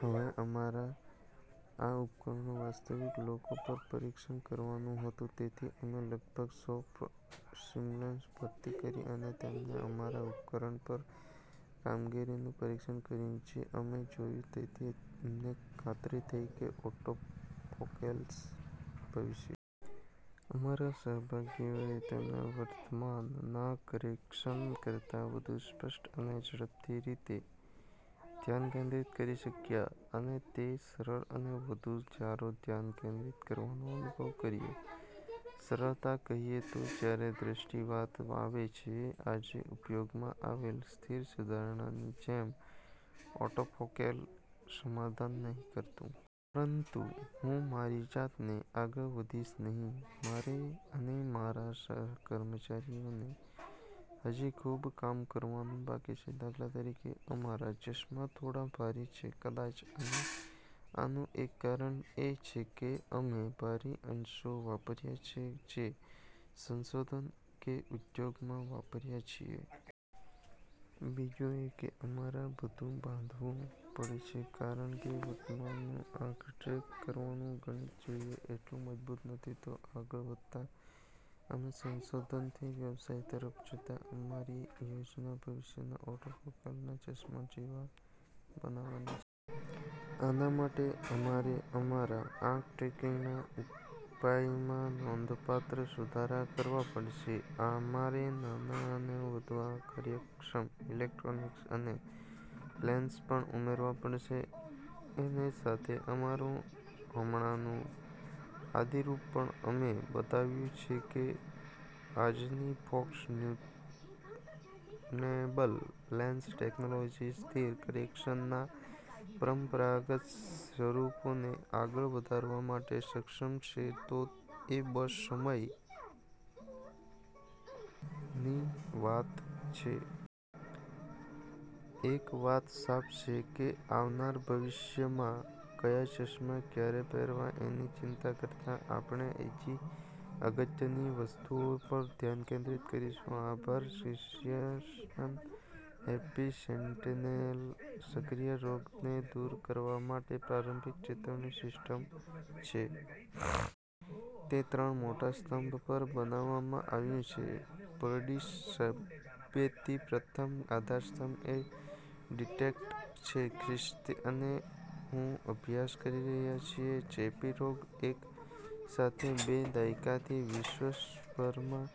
હવે અમારે આ ઉપકરણો વાસ્તવિક લોકો પર પરીક્ષણ કરવાનું હતું. તેથી અમે લગભગ સો પ્રેસબ્યોપેસની ભરતી કરી અને તેમને અમારા ઉપકરણ પર કામગીરી નું પરીક્ષણ કર્યું. જે અમે જોયું તેથી અમને ખાતરી થઇ કે ઑટોફોકેલ્સ જ ભવિષ્ય. અમારા સહભાગીઓ તેમને વર્તમાન ના કરેકશન કરતા વધુ સ્પષ્ટ અને ઝડપથી રીતે ધ્યાન કેન્દ્રિત કરી શકયા. અને તે સરળ અને વધુ સારો ધ્યાન કેન્દ્રિત કરવાનો અનુભવ કરીયો. સરળતા કહીએ તો, જ્યારે દ્રષ્ટિની વાત આવે છે, આજે ઉપયોગમાં આવેલ સ્થિર સુધારણા ની જેમ ઑટોફોકેલ સમાધાન નહિ કરતુ. પરંતુ હું મારી જાતથી આગળ વધીશ નહિ. મારે અને મારા સહકર્મચારીઓ ને હજી ખુબ કામ કરવાનું બાકી છે. દા. ત. અમારા ચશ્મા થોડા ભારી છે? કદાચ અને આનું એક કારણ એ છે કે અમે ભારી અંશો વાપર્યા છે જે સંશોધન કે ઉદ્યોગમા વાપર્યા છીએ. બીજું એ કે અમારે બધું બાંધવું પડે છે કારણ કે વર્તમાન નું આંખ-ટ્રેક કરવાનું ગણિત જોઈએ એટલું મજબૂત નથી. તો આગળ વધતા, અમે સંશોધન થી વ્યવસાય તરફ જતા અમારી યોજના ભવિષ્ય ના ઑટોફોકેલ્સ ને ચશ્મા જેવા બનાવાની છે. આના માટે, અમારે અમારા આંખ ટ્રેકિંગ ના ઉપાયમાં નોંધપાત્ર સુધારા કરવા પડશે. અમારે નાના અને વધુ કાર્યક્ષમ ઇલેક્ટ્રોનિક્સ અને લેન્સ પણ ઉમેરવા પડશે એને સાથે, અમારું હમણાનું આદિરુપ પણ, અમે બતાવ્યું છે કે આજની ફોકસ-ટ્યુનેબલ લેન્સ ટેકનોલોજી સ્થિર કરેક્શનના પરંપરાગત સ્વરૂપોને આગળ વધારવા માટે સક્ષમ છે તો એ બસ સમય ની વાત છે. એક વાત સાફ છે કે આવનારા ભવિશ્યમાં, કયા ચશ્માં ક્યારે પહેરવા એની ચિંતા કરતા આપણે બીજી અગત્ય ની વસ્તુઓ પર ધ્યાન કેન્દ્રિત કરશું. આભાર ક્રિશ્ચિયન હેપ્પી: સેંટિનેલ સક્રિય રોગને દૂર કરવા માટે પ્રારંભિક ચેતવણી સિસ્ટમ છે. તે ત્રણ મોટા સ્તંભો પર બનાવવામાં આવ્યું છે. પારડીસ સબેતી: પ્રથમ આધારસ્તંભ એ ડિટેક્ટ છે. ખ્રિસ્તી અને હું અભ્યાસ કરી રહ્યા છીએ ચેપી રોગો એક સાથે બે દાયકાથી વિશ્વભરમાં.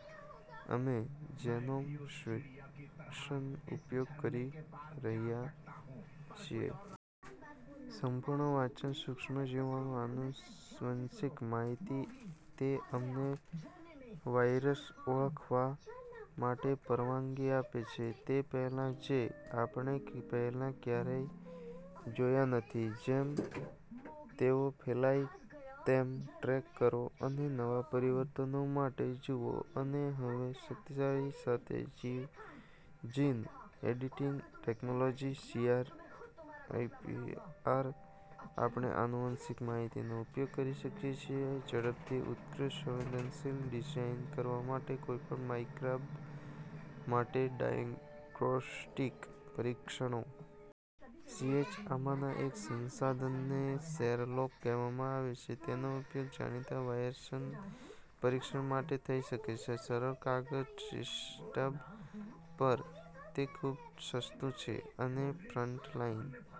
અમે જેનોમ સિક્વિન્સીંગનો ઉપયોગ કરી રહ્યા છીએ. સંપૂર્ણ વાંચન સૂક્ષ્મજીવાણુની આનુવંશિક માહિતી, તે અમને વાયરસ ઓળખવા માટે પરવાનગી આપે છે, તે પહેલાં જે આપણે પહેલાં ક્યારેય જોયા નથી, જેમ તેઓ ફેલાય તેમ ટ્રેક કરો અને નવા પરિવર્તન માટે જુઓ. અને હવે શક્તિશાળી સાથે જીન-એડિટિંગ ટેકનોલોજી સીઆરઆઈએસપીઆર, આપણે આનુવંશિક માહિતીનો ઉપયોગ કરી શકીએ છીએ ઝડપથી ઉત્કૃષ્ટ સંવેદનશીલ ડિઝાઇન કરવા માટે કોઈપણ માઇક્રોબ માટે ડાયગ્નોસ્ટિક પરીક્ષણો. સીએચ: આમાંના એક સાધનને શેરલોક કહેવામાં આવે છે. તેનો ઉપયોગ જાણીતા વાયરસના પરીક્ષણ માટે થઈ શકે છે સરળ કાગળ સ્ટ્રિપ્સ પર. તે ખૂબ સસ્તું છે, અને ફ્રન્ટલાઈન